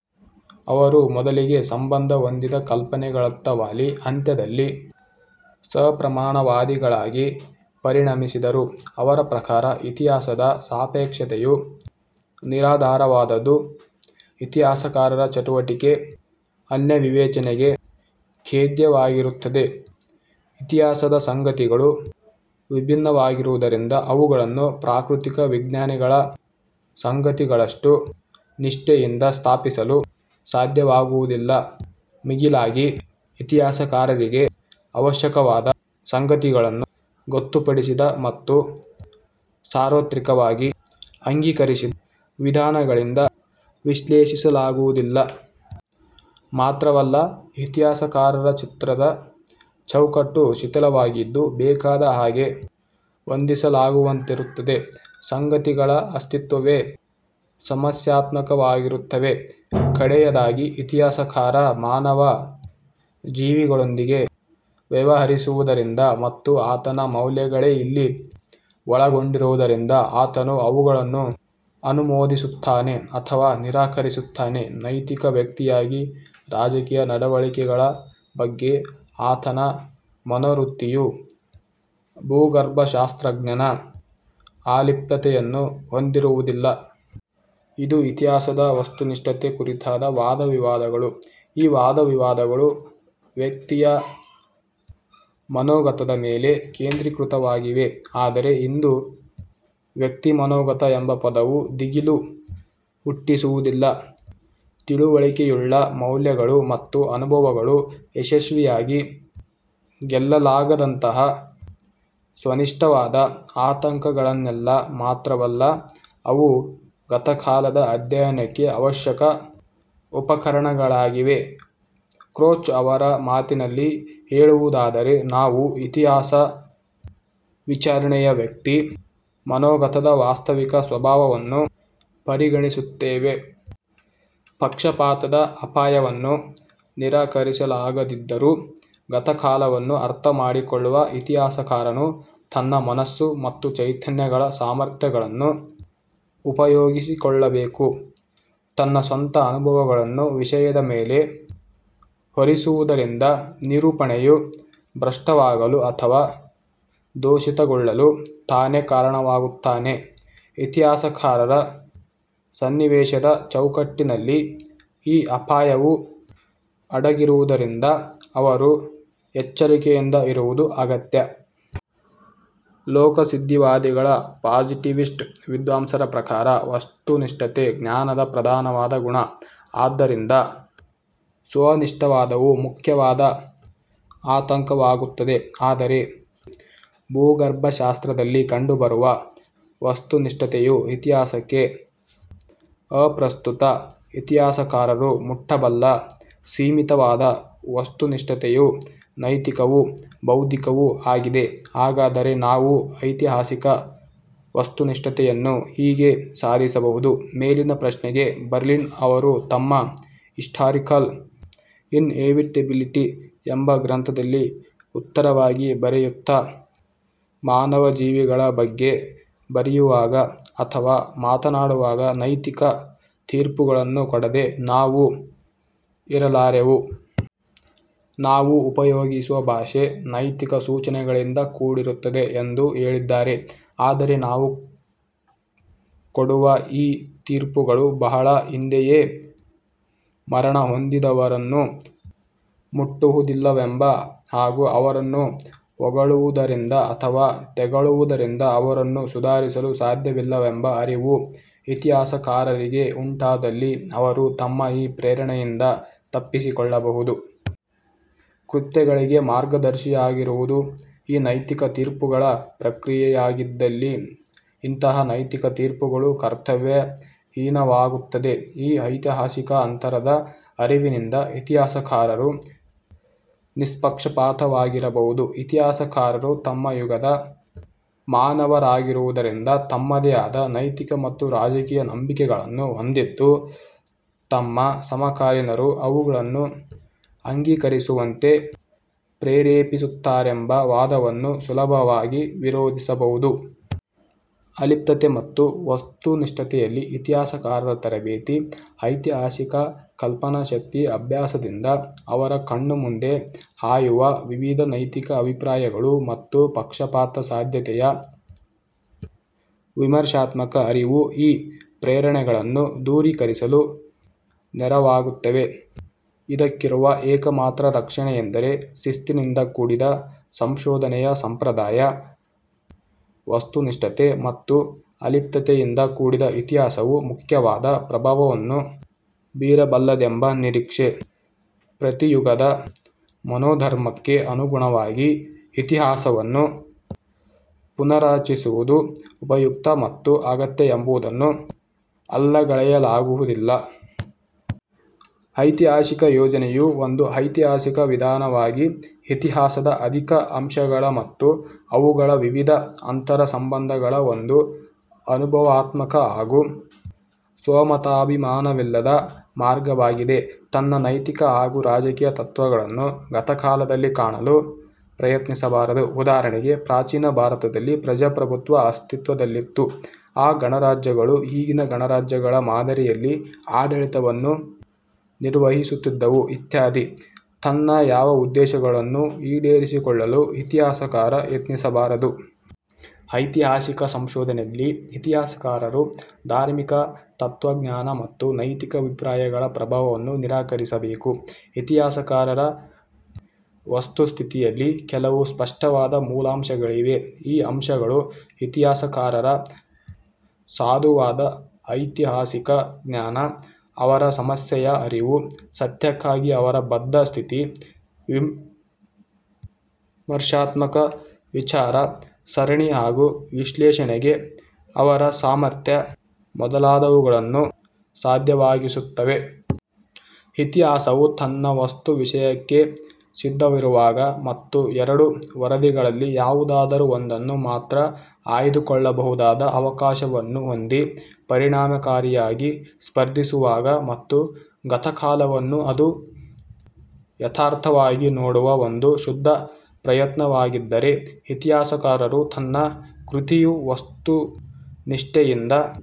ಅವರು ಮೊದಲಿಗೆ ಸಂಬಂಧ ಹೊಂದಿದ ಕಲ್ಪನೆಗಳತ್ತ ವಾಲಿ ಅಂತ್ಯದಲ್ಲಿ ಸಪ್ರಮಾಣವಾದಿಗಳಾಗಿ ಪರಿಣಮಿಸಿದರು. ಅವರ ಪ್ರಕಾರ, ಇತಿಹಾಸದ ಸಾಪೇಕ್ಷತೆಯು ನಿರಾಧಾರವಾದುದು. ಇತಿಹಾಸಕಾರರ ಚಟುವಟಿಕೆ ಅನ್ಯವಿವೇಚನೆಗೆ ಖೇದ್ಯವಾಗಿರುತ್ತದೆ. ಇತಿಹಾಸದ ಸಂಗತಿಗಳು ವಿಭಿನ್ನವಾಗಿರುವುದರಿಂದ ಅವುಗಳನ್ನು ಪ್ರಾಕೃತಿಕ ವಿಜ್ಞಾನಗಳ ಸಂಗತಿಗಳಷ್ಟು ನಿಷ್ಕಷೇಯಿಂದ ಸ್ಥಾಪಿಸಲು ಸಾಧ್ಯವಾಗುವುದಿಲ್ಲ. ಮಿಗಿಲಾಗಿ, ಇತಿಹಾಸಕಾರರಿಗೆ ಅವಶ್ಯಕವಾದ ಸಂಗತಿಗಳನ್ನು ಗೊತ್ತುಪಡಿಸಿದ ಮತ್ತು ಸಾರ್ವತ್ರಿಕವಾಗಿ ಅಂಗೀಕರಿಸಿದ ವಿಧಾನಗಳಿಂದ ವಿಶ್ಲೇಷಿಸಲಾಗುವುದಿಲ್ಲ. ಮಾತ್ರವಲ್ಲ, ಇತಿಹಾಸಕಾರರ ಚಿತ್ರದ ಚೌಕಟ್ಟು ಶಿಥಿಲವಾಗಿದ್ದು ಬೇಕಾದ ಹಾಗೆ ಹೊಂದಿಸಲಾಗುವಂತಿರುತ್ತದೆ. ಸಂಗತಿಗಳ ಅಸ್ತಿತ್ವವೇ ಸಮಸ್ಯಾತ್ಮಕವಾಗಿರುತ್ತವೆ. ಕಡೆಯದಾಗಿ, ಇತಿಹಾಸಕಾರ ಮಾನವ ಜೀವಿಗಳೊಂದಿಗೆ ವ್ಯವಹರಿಸುವುದರಿಂದ ಮತ್ತು ಆತನ ಮೌಲ್ಯಗಳೇ ಇಲ್ಲಿ ಒಳಗೊಂಡಿರುವುದರಿಂದ, ಆತನು ಅವುಗಳನ್ನು ಅನುಮೋದಿಸುತ್ತಾನೆ ಅಥವಾ ನಿರಾಕರಿಸುತ್ತಾನೆ. ನೈತಿಕ ವ್ಯಕ್ತಿಯಾಗಿ ರಾಜಕೀಯ ನಡವಳಿಕೆಗಳ ಬಗ್ಗೆ ಆತನ ಮನೋವೃತ್ತಿಯು ಭೂಗರ್ಭಶಾಸ್ತ್ರಜ್ಞನ ಆಲಿಪ್ತತೆಯನ್ನು ಹೊಂದಿರುವುದಿಲ್ಲ. ಇದು ಇತಿಹಾಸದ ವಸ್ತುನಿಷ್ಠತೆ ಕುರಿತಾದ ವಾದವಿವಾದಗಳು. ಈ ವಾದವಿವಾದಗಳು ವ್ಯಕ್ತಿಯ ಮನೋಗತದ ಮೇಲೆ ಕೇಂದ್ರೀಕೃತವಾಗಿವೆ. ಆದರೆ ಇಂದು ವ್ಯಕ್ತಿಮನೋಗತ ಎಂಬ ಪದವು ದಿಗಿಲು ಹುಟ್ಟಿಸುವುದಿಲ್ಲ. ತಿಳುವಳಿಕೆಯುಳ್ಳ ಮೌಲ್ಯಗಳು ಮತ್ತು ಅನುಭವಗಳು ಯಶಸ್ವಿಯಾಗಿ ಗೆಲ್ಲಲಾಗದಂತಹ ಸ್ವನಿಷ್ಠವಾದ ಆತಂಕಗಳೇನಲ್ಲ. ಮಾತ್ರವಲ್ಲ ಅವು ಗತಕಾಲದ ಅಧ್ಯಯನಕ್ಕೆ ಅವಶ್ಯಕ ಉಪಕರಣಗಳಾಗಿವೆ. ಕ್ರೋಚ್ ಅವರ ಮಾತಿನಲ್ಲಿ ಹೇಳುವುದಾದರೆ, ನಾವು ಇತಿಹಾಸ ವಿಚಾರಣೆಯ ವ್ಯಕ್ತಿ ಮನೋಗತದ ವಾಸ್ತವಿಕ ಸ್ವಭಾವವನ್ನು ಪರಿಗಣಿಸುತ್ತೇವೆ. ಪಕ್ಷಪಾತದ ಅಪಾಯವನ್ನು ನಿರಾಕರಿಸಲಾಗದಿದ್ದರೂ, ಗತಕಾಲವನ್ನು ಅರ್ಥ ಮಾಡಿಕೊಳ್ಳಲು ಇತಿಹಾಸಕಾರನು ತನ್ನ ಮನಸ್ಸು ಮತ್ತು ಚೈತನ್ಯಗಳ ಸಾಮರ್ಥ್ಯಗಳನ್ನು ಉಪಯೋಗಿಸಿಕೊಳ್ಳಬೇಕು. ತನ್ನ ಸ್ವಂತ ಅನುಭವಗಳನ್ನು ವಿಷಯದ ಮೇಲೆ ಹೊರಿಸುವುದರಿಂದ ನಿರೂಪಣೆಯು ಭ್ರಷ್ಟವಾಗಲು ಅಥವಾ ದೋಷಿತಗೊಳ್ಳಲು ತಾನೇ ಕಾರಣನಾಗುತ್ತಾನೆ. ಇತಿಹಾಸಕಾರರ ಸನ್ನಿವೇಶದ ಚೌಕಟ್ಟಿನಲ್ಲಿ ಈ ಅಪಾಯವು ಅಡಗಿರುವುದರಿಂದ ಅವರು ಎಚ್ಚರಿಕೆಯಿಂದ ಇರುವುದು ಅಗತ್ಯ. ಲೋಕಸಿದ್ಧವಾದಿಗಳ ಪಾಸಿಟಿವಿಸ್ಟ್ ವಿದ್ವಾಂಸರ ಪ್ರಕಾರ, ವಸ್ತುನಿಷ್ಠತೆ ಜ್ಞಾನದ ಪ್ರಧಾನವಾದ ಗುಣ. ಆದ್ದರಿಂದ ಸ್ವನಿಷ್ಠವಾದವು ಮುಖ್ಯವಾದ ಆತಂಕವಾಗುತ್ತದೆ. ಆದರೆ ಭೂಗರ್ಭಶಾಸ್ತ್ರದಲ್ಲಿ ಕಂಡುಬರುವ ವಸ್ತುನಿಷ್ಠತೆಯು ಇತಿಹಾಸಕ್ಕೆ ಅಪ್ರಸ್ತುತ. ಇತಿಹಾಸಕಾರರು ಮುಟ್ಟಬಲ್ಲ ಸೀಮಿತವಾದ ವಸ್ತುನಿಷ್ಠತೆಯು ನೈತಿಕವೂ, ಬೌದ್ಧಿಕವೂ ಆಗಿದೆ. ಹಾಗಾದರೆ, ನಾವು ಐತಿಹಾಸಿಕ ವಸ್ತುನಿಷ್ಠತೆಯನ್ನು ಹೀಗೆ ಸಾಧಿಸಬಹುದು. ಮೇಲಿನ ಪ್ರಶ್ನೆಗೆ ಬರ್ಲಿನ್ ಅವರು ತಮ್ಮ "ಹಿಸ್ಟಾರಿಕಲ್ ಇನ್ಎವಿಟಬಿಲಿಟಿ" ಎಂಬ ಗ್ರಂಥದಲ್ಲಿ ಉತ್ತರವಾಗಿ ಬರೆಯುತ್ತ, ಮಾನವಜೀವಿಗಳ ಬಗ್ಗೆ ಬರೆಯುವಾಗ ಅಥವಾ ಮಾತನಾಡುವಾಗ ನೈತಿಕ ತೀರ್ಪುಗಳನ್ನು ಕೊಡದೆ ನಾವು ಇರಲಾರೆವು. ನಾವು ಉಪಯೋಗಿಸುವ ಭಾಷೆ, ನೈತಿಕ ಸೂಚನೆಗಳಿಂದ ಕೂಡಿರುತ್ತದೆ ಎಂದು ಹೇಳಿದ್ದಾರೆ. ಆದರೆ, ನಾವು ಕೊಡುವ ಈ ತೀರ್ಪುಗಳು ಬಹಳ ಹಿಂದೆಯೇ ಮರಣಹೊಂದಿದವರನ್ನು ಮುಟ್ಟುವುದಿಲ್ಲವೆಂಬ ಹಾಗೂ ಅವರನ್ನು ಹೊಗಳುವುದರಿಂದ ಅಥವಾ ತೆಗಳುವುದರಿಂದ ಅವರನ್ನು ಸುಧಾರಿಸಲು ಸಾಧ್ಯವಿಲ್ಲವೆಂಬ ಅರಿವು ಇತಿಹಾಸಕಾರರಿಗೆ ಉಂಟಾದಲ್ಲಿ ಅವರು ತಮ್ಮ ಈ ಪ್ರೇರಣೆಯಿಂದ ತಪ್ಪಿಸಿಕೊಳ್ಳಬಹುದು. ಕೃತ್ಯಗಳಿಗೆ ಮಾರ್ಗದರ್ಶಿಯಾಗಿರುವುದು ಈ ನೈತಿಕ ತೀರ್ಪುಗಳ ಪ್ರಕ್ರಿಯೆಯಾಗಿದ್ದಲ್ಲಿ ಇಂತಹ ನೈತಿಕ ತೀರ್ಪುಗಳು ಕರ್ತವ್ಯ ಹೀನವಾಗುತ್ತವೆ. ಈ ಐತಿಹಾಸಿಕ ಅಂತರದ ಅರಿವಿನಿಂದ ಇತಿಹಾಸಕಾರರು ನಿಷ್ಪಕ್ಷಪಾತಿಯಾಗಿರಬಹುದು. ಇತಿಹಾಸಕಾರರು ತಮ್ಮ ಯುಗದ ಮಾನವರಾಗಿರುವುದರಿಂದ ತಮ್ಮದೇ ಆದ ನೈತಿಕ ಮತ್ತು ರಾಜಕೀಯ ನಂಬಿಕೆಗಳನ್ನು ಹೊಂದಿದ್ದು ತಮ್ಮ ಸಮಕಾಲೀನರು ಅವುಗಳನ್ನು ಅಂಗೀಕರಿಸುವಂತೆ ಪ್ರೇರೇಪಿಸುತ್ತಾರೆಂಬ ವಾದವನ್ನು ಸುಲಭವಾಗಿ ವಿರೋಧಿಸಬಹುದು. ಅಲಿಪ್ತತೆ ಮತ್ತು ವಸ್ತುನಿಷ್ಠತೆಯಲ್ಲಿ ಇತಿಹಾಸಕಾರರ ತರಬೇತಿ, ಐತಿಹಾಸಿಕ ಕಲ್ಪನಾಶಕ್ತಿಯ ಅಭ್ಯಾಸದಿಂದ ಅವರ ಕಣ್ಣುಮುಂದೆ ಹಾಯುವ ವಿವಿಧ ನೈತಿಕ ಅಭಿಪ್ರಾಯಗಳು ಮತ್ತು ಪಕ್ಷಪಾತ ಸಾಧ್ಯತೆಯ ವಿಮರ್ಶಾತ್ಮಕ ಅರಿವು ಈ ಪ್ರೇರಣೆಗಳನ್ನು ದೂರೀಕರಿಸಲು ನೆರವಾಗುತ್ತವೆ, ಇದಕ್ಕಿರುವ ಏಕಮಾತ್ರ ರಕ್ಷಣೆ ಎಂದರೆ ಶಿಸ್ತಿನಿಂದ ಕೂಡಿದ ಸಂಶೋಧನೆಯ ಸಂಪ್ರದಾಯ, ವಸ್ತುನಿಷ್ಠತೆ ಮತ್ತು ಅಲಿಪ್ತತೆಯಿಂದ ಕೂಡಿದ ಇತಿಹಾಸವು ಮುಖ್ಯವಾದ ಪ್ರಭಾವವನ್ನು ಬೀರಬಲ್ಲದೆಂಬ ನಿರೀಕ್ಷೆ, ಪ್ರತಿಯುಗದ ಮನೋಧರ್ಮಕ್ಕೆ ಅನುಗುಣವಾಗಿ ಇತಿಹಾಸವನ್ನು ಪುನಾರಚಿಸುವುದು ಉಪಯುಕ್ತ ಮತ್ತು ಅಗತ್ಯ ಎಂಬುದನ್ನು ಅಲ್ಲಗಳೆಯಲಾಗುವುದಿಲ್ಲ. ಐತಿಹಾಸಿಕ ಯೋಜನೆಯು ಒಂದು ಐತಿಹಾಸಿಕ ವಿಧಾನವಾಗಿ ಇತಿಹಾಸದ ಅಧಿಕ ಅಂಶಗಳ ಮತ್ತು ಅವುಗಳ ವಿವಿಧ ಅಂತರ ಸಂಬಂಧಗಳ ಒಂದು ಅನುಭವಾತ್ಮಕ ಹಾಗೂ ಸ್ವಮತಾಭಿಮಾನವಿಲ್ಲದ ಮಾರ್ಗವಾಗಿದೆ. ತನ್ನ ನೈತಿಕ ಹಾಗೂ ರಾಜಕೀಯ ತತ್ವಗಳನ್ನು ಗತಕಾಲದಲ್ಲಿ ಕಾಣಲು ಪ್ರಯತ್ನಿಸಬಾರದು. ಉದಾಹರಣೆಗೆ, ಪ್ರಾಚೀನ ಭಾರತದಲ್ಲಿ ಪ್ರಜಾಪ್ರಭುತ್ವ ಅಸ್ತಿತ್ವದಲ್ಲಿತ್ತು. ಆ ಗಣರಾಜ್ಯಗಳು ಈಗಿನ ಗಣರಾಜ್ಯಗಳ ಮಾದರಿಯಲ್ಲಿ ಆಡಳಿತವನ್ನು ನಿರ್ವಹಿಸುತ್ತಿದ್ದವು, ಇತ್ಯಾದಿ, ತನ್ನ ಯಾವ ಉದ್ದೇಶಗಳನ್ನು ಈಡೇರಿಸಿಕೊಳ್ಳಲು ಇತಿಹಾಸಕಾರ ಯತ್ನಿಸಬಾರದು. ಐತಿಹಾಸಿಕ ಸಂಶೋಧನೆಯಲ್ಲಿ ಇತಿಹಾಸಕಾರರು ಧಾರ್ಮಿಕ, ತತ್ವಜ್ಞಾನ ಮತ್ತು ನೈತಿಕ ಅಭಿಪ್ರಾಯಗಳ ಪ್ರಭಾವವನ್ನು ನಿರಾಕರಿಸಬೇಕು. ಇತಿಹಾಸಕಾರರ ವಸ್ತುಸ್ಥಿತಿಯಲ್ಲಿ ಕೆಲವು ಸ್ಪಷ್ಟವಾದ ಮೂಲಾಂಶಗಳಿವೆ. ಈ ಅಂಶಗಳು ಇತಿಹಾಸಕಾರರ ಸಾಧುವಾದ ಐತಿಹಾಸಿಕ ಜ್ಞಾನ, ಅವರ ಸಮಸ್ಯೆಯ ಅರಿವು, ಸತ್ಯಕ್ಕಾಗಿ ಅವರ ಬದ್ಧ ಸ್ಥಿತಿ, ವಿಮರ್ಶಾತ್ಮಕ ವಿಚಾರ ಸರಣಿ ಹಾಗೂ ವಿಶ್ಲೇಷಣೆಗೆ ಅವರ ಸಾಮರ್ಥ್ಯ ಮೊದಲಾದವುಗಳನ್ನು ಸಾಧ್ಯವಾಗಿಸುತ್ತವೆ. ಇತಿಹಾಸವು ತನ್ನ ವಸ್ತು ವಿಷಯಕ್ಕೆ ಸಿದ್ಧವಿರುವಾಗ ಮತ್ತು ಎರಡು ವರದಿಗಳಲ್ಲಿ ಯಾವುದಾದರೂ ಒಂದನ್ನು ಮಾತ್ರ ಆಯ್ದುಕೊಳ್ಳಬಹುದಾದ ಅವಕಾಶವನ್ನು ಹೊಂದಿ, ಪರಿಣಾಮಕಾರಿಯಾಗಿ ಸ್ಪರ್ಧಿಸುವಾಗ ಮತ್ತು ಗತಕಾಲವನ್ನು ಅದು ಯಥಾರ್ಥವಾಗಿ ನೋಡುವ ಒಂದು ಶುದ್ಧ ಪ್ರಯತ್ನವಾಗಿದ್ದರೆ ಇತಿಹಾಸಕಾರರು ತನ್ನ ಕೃತಿಯು ವಸ್ತುನಿಷ್ಠೆಯಿಂದ